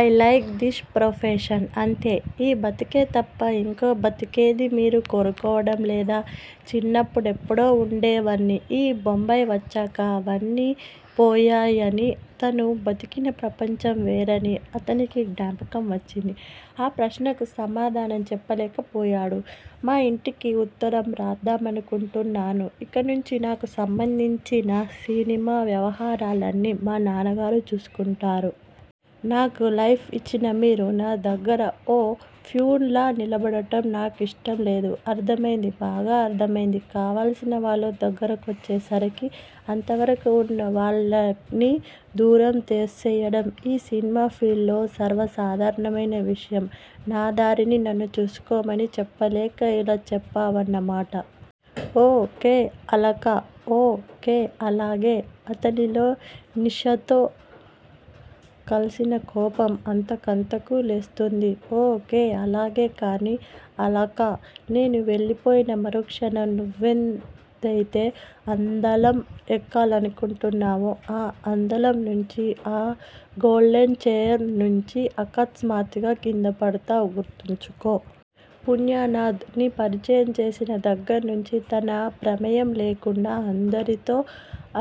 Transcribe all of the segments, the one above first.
I like this profession. అంతే! ఈ బతుకే తప్ప ఇంకో బతుకేదీ మీరు కోరుకోవడం లేదా? చిన్నప్పుడెప్పుడో వుండేవని, ఈ బొంబాయి వచ్చాక అవ్వన్నీ పోయాయని, తను బతికిన ప్రపంచం వేరని అతనికి జ్ఞాపకం వచ్చింది ఆ ప్రశ్నకు సమాధానం చెప్పలేక పోయాడు. మా ఇంటికి ఉత్తరం రాద్దామనుకుంటున్నాను ఇకనుంచి నాకు సంబంధించిన సినిమా వ్యవహారాలన్నీ మా నాన్నగారు చూసుకుంటారు. నాకు లైఫ్ ఇచ్చిన మీరు నా దగ్గర ఓ ఫ్యూన్ లా నిలబడటం నా కిష్టంలేదు. అర్ధమైంది బాగా అర్దమైంది కావలసినవాళ్ళు దగ్గరకొచ్చేసరికి, అంతవరకూ వున్న వాళ్ళని దూరంగా తోసేయడం ఈ సిన్మా ఫీల్డులో సర్వసాధారణమైన విషయం నా దారిని నన్ను చూసుకోమని చెప్పలేక ఇలా చెప్పావన్న మాట. ఓ. కే. అలక ఓ. కే! అలాగే అతనిలో నిషాతో కల్సిన కోపం అంతకంతకూ లేస్తోంది. ఓ. కే. అలాగే కానీ అలకా! నేను వెళ్ళిపోయినా మరుక్షణం నువ్వేదయితే అందలం ఎక్కాలనుకుంటున్నావో ఆ అందలం నుంచి, ఆ గోల్డెన్ చైర్ నుంచి అకస్మాత్తుగా కిందపడతావ్ గుర్తుంచుకో. పుణ్యనాధ్ ని పరిచయం చేసిన దగ్గర్నించి, తన ప్రమేయం లేకుండా అందరితో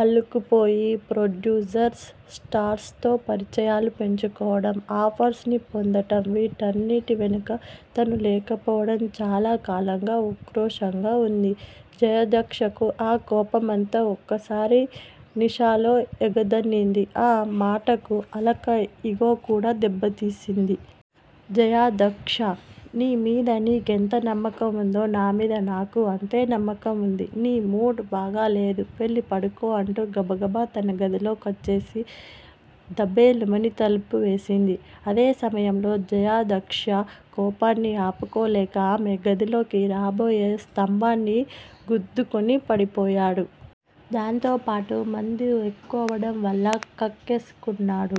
అల్లుకుపోయి, ప్రొడ్యూసర్స్, స్టార్స్ తో పరిచయాలు పెంచుకోవడం, ఆఫర్స్ ని పొందడం, వీటన్నిటి వెనకా తను లేకపోవడం చాలా కాలంగా ఉక్రోషంగా వుంది జయాధ్యక్షకు ఆ కోపమంతా ఒక్కసారి నిషాలో ఎగదన్నింది. ఆ మాటకు అలక ఇగోకూడా దెబ్బతీసింది. జయాధ్యక్ష! నీమీద నీకెంత నమ్మకం వుందో, నా మీద నాకూ అంతే నమ్మకం వుంది. నీ మూడ్ బాగాలేదు. వెళ్ళి పడుకో అంటూ గబగబా తన గదిలో కొచ్చేసి ధబేల్ మని తలుపేసింది. అదే సమయంలో జయాధ్యక్ష కోపాన్ని ఆపుకోలేక ఆమె గదిలోకి రాబోయి స్థంభాన్ని గుద్దుకుని పడిపోయాడు. దాంతోపాటు మందెక్కువవడం వల్ల కక్కేసుకున్నాడు.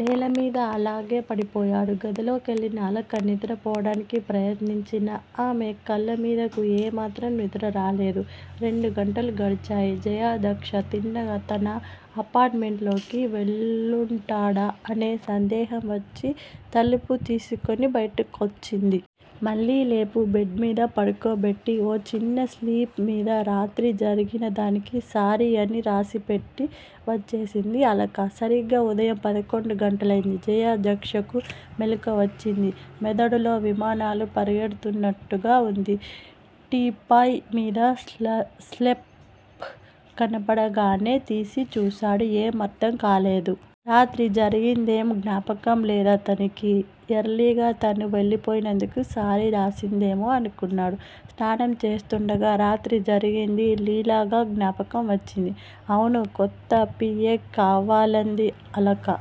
నేలమీద అలాగే పడిపోయాడు. గదిలోకెళ్ళిన అలక నిద్రపోడానికి ప్రయత్నించినా ఆమె కళ్ళ మీదకు ఏమాత్రం నిద్ర రాలేదు. రెండు గంటలు గడిచాయి. జయాధ్యక్ష తిన్నగా తన అపార్ట్ మెంట్ లోకి వెళ్ళుంటాడా అనే సందేహం వచ్చి, తలుపు తీసుకుని బయటకొచ్చింది. మళ్ళీ లేపి బెడ్ మీద పడుకోబెట్టీ, ఓ చిన్న స్లిప్ మీద రాత్రి జరిగిందానికి సారీ అని రాసిపెట్టి వచ్చేసింది అలక. సరిగ్గా ఉదయం పదకొండు గంటలయింది. జయాధ్యక్షకు మెలకువ వచ్చింది. మెదడులో విమానాలు పరిగెడుతున్నట్టుగా వుంది. టీపాయ్ మీద స్లిప్ కనబడగానే తీసి చూసాడు ఏం అర్ధంకాలేదు. రాత్రి జరిగిందేం జ్ఞాపకం లేదతనికి. ఎర్లీగా తను వెళ్ళిపోయినందుకు సారీ రాసిందేమో అనుకున్నాడు. స్నానం చేస్తుండగా రాత్రి జరిగింది లీలగా జ్ఞాపకం వచ్చింది. అవును కొత్త పి. ఏ కావాలంది అలక.